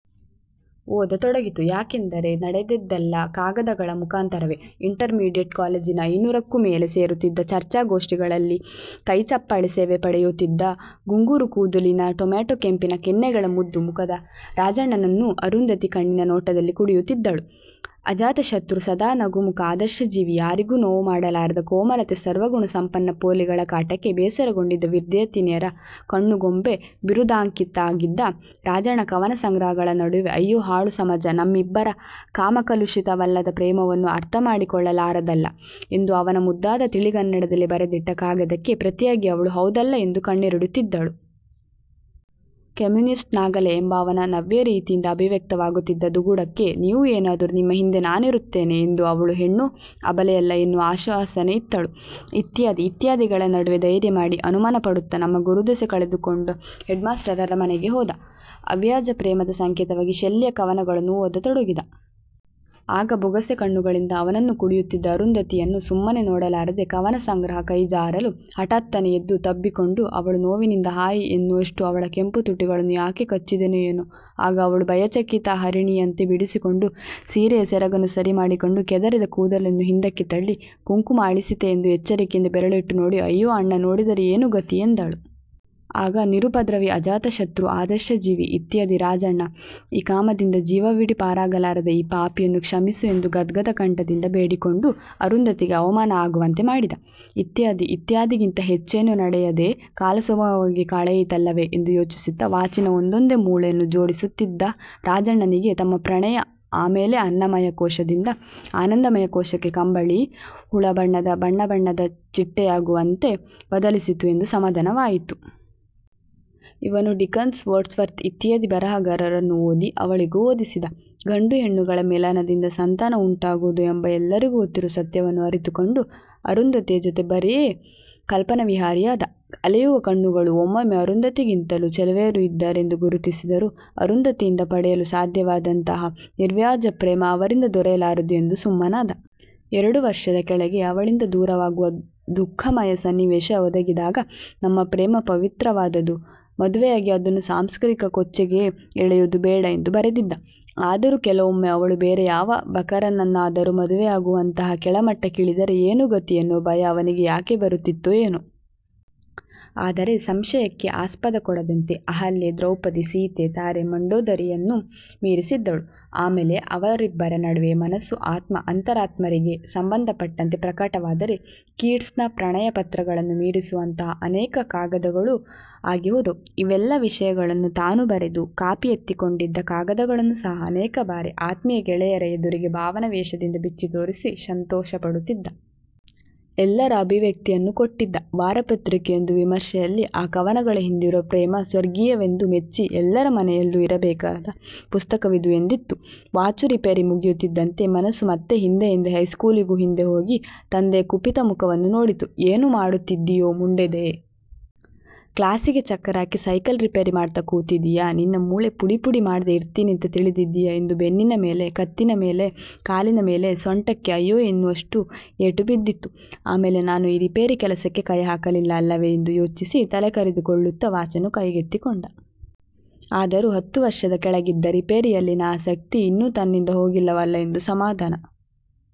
ಓದತೊಡಗಿತು ಯಾಕೆಂದರೆ ನಡೆದದ್ದೆಲ್ಲ ಕಾಗದಗಳ ಮುಖಾಂತರವೆ. ಇಂಟರ್ ಮೀಡಿಯೆಟ್ ಕಾಲೇಜಿನ ಐನೂರಕ್ಕೂ ಮೇಲೆ ಸೇರುತ್ತಿದ್ದ ಚರ್ಚಾ ಗೋಷ್ಠಿಗಳಲ್ಲಿ ಕೈಚಪ್ಪಾಳೆ ಸೇವೆ ಪಡೆಯುತ್ತಿದ್ದ ಗುಂಗುರುಕೂದಲಿನ ಟೊಮ್ಯಾಟೋ ಕೆಂಪಿನ ಕೆನ್ನೆಗಳ ಮುದ್ದು ಮುಖದ ರಾಜಣ್ಣನನ್ನು ಅರುಂಧತಿ ಕಣ್ಣಿನ ನೋಟದಲ್ಲಿ ಕುಡಿಯುತ್ತಿದ್ದಳು. ಅಜಾತಶತ್ರು ಸದಾ ನಗುಮುಖ ಆದರ್ಶ ಜೀವಿ ಯಾರಿಗೂ ನೋವು ಮಾಡಲಾರದ ಕೋಮಲತೆ ಸರ್ವಗುಣ ಸಂಪನ್ನ ಪೋಲಿಗಳ ಕಾಟಕ್ಕೆ ಬೇಸರಗೊಂಡಿದ್ದ ವಿದ್ಯಾರ್ಥಿನಿಯರ ಕಣ್ಣುಗೊಂಬೆ – ಬಿರುದಾಂಕಿತನಾಗಿದ್ದ ರಾಜಣ್ಣ ಕವನ ಸಂಗ್ರಹಗಳ ನಡುವೆ 'ಅಯ್ಯೋ ಹಾಳು ಸಮಾಜ ನಮ್ಮಿಬ್ಬರ ಕಾಮಕಲುಷಿತವಲ್ಲದ ಪ್ರೇಮವನ್ನು ಅರ್ಥಮಾಡಿಕೊಳ್ಳಲಾರದಲ್ಲ' ಎಂದು ಅವನ ಮುದ್ದಾದ ತಿಳಿಗನ್ನಡದಲ್ಲಿ ಬರೆದಿಟ್ಟ ಕಾಗದಕ್ಕೆ ಪ್ರತಿಯಾಗಿ ಅವಳು 'ಹೌದಲ್ಲಾ' ಎಂದು ಕಣ್ಣೀರಿಡುತ್ತಿದ್ದಳು. 'ಕಮ್ಯೂನಿಸ್ಟ್' ನಾಗಲೇ ಎಂಬ ಅವನ ನವ್ಯರೀತಿಯಿಂದ ಅಭಿವ್ಯಕ್ತವಾಗುತ್ತಿದ್ದ ದುಗುಡಕ್ಕೆ "ನೀವು ಏನಾದರೂ ನಿಮ್ಮ ಹಿಂದೆ ನಾನಿರುತ್ತೇನೆ" ಎಂದುಅ ವಳು ಹೆಣ್ಣು ಅಬಲೆಯಲ್ಲ ಎನ್ನುವ ಆಶ್ವಾಸನೆಯಿತ್ತಳು. ಇತ್ಯಾದಿ ಇತ್ಯಾದಿಗಳ ನಡುವೆ ಧೈರ್ಯ ಮಾಡಿ ಅನುಮಾನ ಪಡುತ್ತ ತಮ್ಮ ಗುರುದೆಸೆ ಕಳೆದುಕೊಂಡು ಹೆಡ್ಮಾಸ್ಟರರ ಮನೆಗೆ ಹೋದ. ಅವ್ಯಾಜಪ್ರೇಮದ ಸಂಕೇತವಾಗಿ ಶೆಲ್ಲಿಯ ಕವನಗಳನ್ನು ಓದತೊಡಗಿದ. ಆಗ ಬೊಗಸೆ ಕಣ್ಣುಗಳಿಂದ ಅವನನ್ನು ಕುಡಿಯುತ್ತಿದ್ದ ಅರುಂಧತಿಯನ್ನು ಸುಮ್ಮನೆ ನೋಡಲಾರದೆ ಕವನಸಂಗ್ರಹ ಕೈಜಾರಲು ಹಠಾತ್ತನೆ ಎದ್ದು ತಬ್ಬಿಕೊಂಡು ಅವಳು ನೋವಿನಿಂದ 'ಹಾಯ್' ಎನ್ನುವಷ್ಟು ಅವಳ ಕೆಂಪು ತುಟಿಗಳನ್ನು ಯಾಕೆ ಕಚ್ಚಿದೆನೋ ಏನೋ ಆಗ ಅವಳು ಭಯಚಕಿತ ಹರಿಣಿಯಂತೆ ಬಿಡಿಸಿಕೊಂಡು ಸೀರೆಯ ಸೆರಗನ್ನು ಸರಿಮಾಡಿಕೊಂಡು, ಕೆದರಿದ ಕೂದಲನ್ನು ಹಿಂದಕ್ಕೆ ತಳ್ಳಿ, ಕುಂಕುಮ ಅಳಿಸಿತೇ ಎಂದು ಎಚ್ಚರಿಕೆಯಿಂದ ಬೆರಳಿಟ್ಟು ನೋಡಿ 'ಅಯ್ಯೋ ಅಣ್ಣ ನೋಡಿದರೆ ಏನು ಗತಿ' ಎಂದಳು. ಆಗ ನಿರುಪದ್ರವಿ, ಅಜಾತಶತ್ರು, ಆದರ್ಶಜೀವಿ ಇತ್ಯಾದಿ ರಾಜಣ್ಣ 'ಈ ಕಾಮದಿಂದ ಜೀವವಿಡೀ ಪಾರಾಗಲಾರದ ಈ ಪಾಪಿಯನ್ನು ಕ್ಷಮಿಸು' ಎಂದು ಗದ್ಗದ ಕಂಠದಿಂದ ಬೇಡಿಕೊಂಡು ಅರುಂಧತಿಗೆ ಅವಮಾನ ಆಗುವಂತೆ ಮಾಡಿದ. ಇತ್ಯಾದಿ ಇತ್ಯಾದಿಗಿಂತ ಹೆಚ್ಚೇನೂ ನಡೆಯದೆ ಕಾಲ ಸುಗಮವಾಗಿ ಕಳೆಯಿತಲ್ಲವೆ? ಎಂದು ಯೋಚಿಸುತ್ತ ವಾಚಿನ ಒಂದೊಂದೇ ಮೂಳೆಯನ್ನು ಜೋಡಿಸುತ್ತಿದ್ದ ರಾಜಣ್ಣನಿಗೆ ತಮ್ಮ ಪ್ರಣಯ ಆಮೇಲೆ ಅನ್ನಮಯ ಕೋಶದಿಂದ ಆನಂದಮಯ ಕೋಶಕ್ಕೆ ಕಂಬಳಿ ಹುಳ ಬಣ್ಣ ಬಣ್ಣದ ಚಿಟ್ಟೆಯಾಗುವಂತೆ ಬದಲಿಸಿತು ಎಂದು ಸಮಾಧಾನವಾಯಿತು. ಇವನು ಡಿಕನ್ಸ್, ವರ್ಡ್ಸ್ವರ್ತ್ ಇತ್ಯಾದಿ ಬರಹಗಾರರನ್ನು ಓದಿ ಅವಳಿಗೂ ಓದಿಸಿದ. ಗಂಡು ಹೆಣ್ಣುಗಳ ಮಿಲನದಿಂದ ಸಂತಾನ ಉಂಟಾಗುವುದು ಎಂಬ ಎಲ್ಲರಿಗೂ ಗೊತ್ತಿರುವ ಸತ್ಯವನ್ನು ಅರಿತುಕೊಂಡು ಅರುಂಧತಿಯ ಜೊತೆ ಬರೆ ಕಲ್ಪನಾವಿಹಾರಿಯಾದ. ಅಲೆಯುವ ಕಣ್ಣುಗಳು ಒಮ್ಮೊಮ್ಮೆ ಅರುಂಧತಿಗಿಂತಲೂ ಚೆಲುವೆಯರು ಇದ್ದಾರೆ ಎಂದು ಗುರುಸಿದರೂ ಅರುಂಧತಿಯಿಂದ ಪಡೆಯಲು ಸಾಧ್ಯವಾದಂತಹ ನಿರ್ವ್ಯಾಜ ಪ್ರೇಮ ಅವರಿಂದ ದೊರೆಯಲಾರದು ಎಂದು ಸುಮ್ಮನಾದ. ಎರಡು ವರ್ಷದ ಕೆಳಗೆ ಅವಳಿಂದ ದೂರವಾಗುವ ದುಃಖಮಯ ಸನ್ನಿವೇಶ ಒದಗಿದಾಗ "ನಮ್ಮ ಪ್ರೇಮ ಪವಿತ್ರವಾದುದು. ಮದುವೆಯಾಗಿ ಅದನ್ನು ಸಾಂಸಾರಿಕ ಕೊಚ್ಚೆಗೆ ಎಳೆಯುವುದು ಬೇಡ" ಎಂದು ಬರೆದಿದ್ದ. ಆದರೂ ಕೆಲವೊಮ್ಮೆ ಅವಳು ಬೇರೆ ಯಾವ ಬಕರನನ್ನಾದರೂ ಮದುವೆಯಾಗುವಂತಹ ಕೆಳಮಟ್ಟಕ್ಕಿಳಿದರೆ ಏನು ಗತಿ ಎನ್ನುವ ಭಯ ಅವನಿಗೆ ಯಾಕೆ ಬರುತ್ತಿತ್ತೊ ಏನೊ. ಆದರೆ ಸಂಶಯಕ್ಕೆ ಅಸ್ಪದಕೊಡದಂತೆ ಅಹಲ್ಯೆ, ದ್ರೌಪದಿ, ಸೀತೆ, ತಾರೆ, ಮಂಡೋದರಿಯನ್ನು ಮೀರಿಸಿದ್ದಳು. ಆಮೇಲೆ ಅವರಿಬ್ಬರ ನಡುವೆ ಮನಸ್ಸು ಆತ್ಮ ಅಂತರಾತ್ಮರಿಗೆ ಸಂಬಂಧ ಪಟ್ಟಂತೆ ಪ್ರಕಟವಾದರೆ ಕೀಟ್ಸ್ನ ಪ್ರಣಯಪತ್ರಗಳನ್ನೂ ಮೀರಿಸುವಂತಹ ಅನೇಕ ಕಾಗದಗಳು ಆಗಿಹೋದವು, ಇವೆಲ್ಲ ವಿಷಯಗಳನ್ನೂ ತಾನು ಬರೆದು ಕಾಪಿ ಎತ್ತಿಕೊಂಡಿದ್ದ ಕಾಗದಗಳನ್ನೂ ಸಹ ಅನೇಕ ಬಾರಿ ಆತ್ಮೀಯ ಗೆಳೆಯರ ಎದುರಿಗೆ ಭಾವನಾ ವೇಶದಿಂದ ಬಿಚ್ಚಿತೋರಿಸಿ ಸಂತೋಷಪಡುತ್ತಿದ್ದ. ಎಲ್ಲರ ಅಭಿವ್ಯಕ್ತಿಯನ್ನು ಕೊಟ್ಟಿದ್ದ. ವಾರಪತ್ರಿಕೆಯೊಂದು ವಿಮರ್ಶೆಯಲ್ಲಿ ಆ ಕವನಗಳ ಹಿಂದಿರುವ ಪ್ರೇಮ ಸ್ವರ್ಗೀಯವೆಂದು ಮೆಚ್ಚಿ ಎಲ್ಲರ ಮನೆಯಲ್ಲೂ ಇರಬೇಕಾದ ಪುಸ್ತಕವಿದು ಎಂದಿತ್ತು. ವಾಚು ರಿಪೇರಿ ಮುಗಿಯುತ್ತಿದ್ದಂತೆ ಮನಸ್ಸು ಮತ್ತೆ ಹಿಂದೆ ಹಿಂದೆ ಹೈಸ್ಕೂಲಿಗೂ ಹಿಂದೆ ಹೋಗಿ ತಂದೆಯ ಕುಪಿತ ಮುಖವನ್ನು ನೋಡಿತು. "ಏನು ಮಾಡ್ತಿದಿಯೋ ಮುಂಡೇದೆ. ಕ್ಲಾಸಿಗೆ ಚಕ್ಕರ್ ಹಾಕಿ ಸೈಕಲ್ ರಿಪೇರಿ ಮಾಡ್ತ ಕೂತಿದೀಯಾ – ನಿನ್ನ ಮೂಳೆ ಪುಡಿಪುಡಿ ಮಾಡ್ದೆ ಇರ್ತೀನೀಂತ ತಿಳ್ದಿದಿಯಾ" ಎಂದು ಬೆನ್ನಿನ ಮೇಲೆ ಕತ್ತಿನ ಮೇಲೆ ಕಾಲಿನ ಮೇಲೆ ಸೊಂಟಕ್ಕೆ 'ಅಯ್ಯೊ' ಎನ್ನುವಷ್ಟು ಏಟು ಬಿದ್ದಿತು. ಆಮೇಲೆ ನಾನು ಈ ರಿಪೇರಿ ಕೆಲಸಕ್ಕೆ ಕೈಹಾಕಲಿಲ್ಲ ಅಲ್ಲವೇ ಎಂದು ಯೋಚಿಸಿ ತಲೆ ಕರೆದುಕೊಳ್ಳುತ್ತ ವಾಚನ್ನು ಕೈಗೆತ್ತಿಕೊಂಡ. ಆದರೂ ಹತ್ತು ವರ್ಷದ ಕೆಳಗಿದ್ದ ರಿಪೇರಿಯಲ್ಲಿನ ಆಸಕ್ತಿ ಇನ್ನೂ ತನ್ನಿಂದ ಹೋಗಿಲ್ಲವಲ್ಲ ಎಂದು ಸಮಾಧನ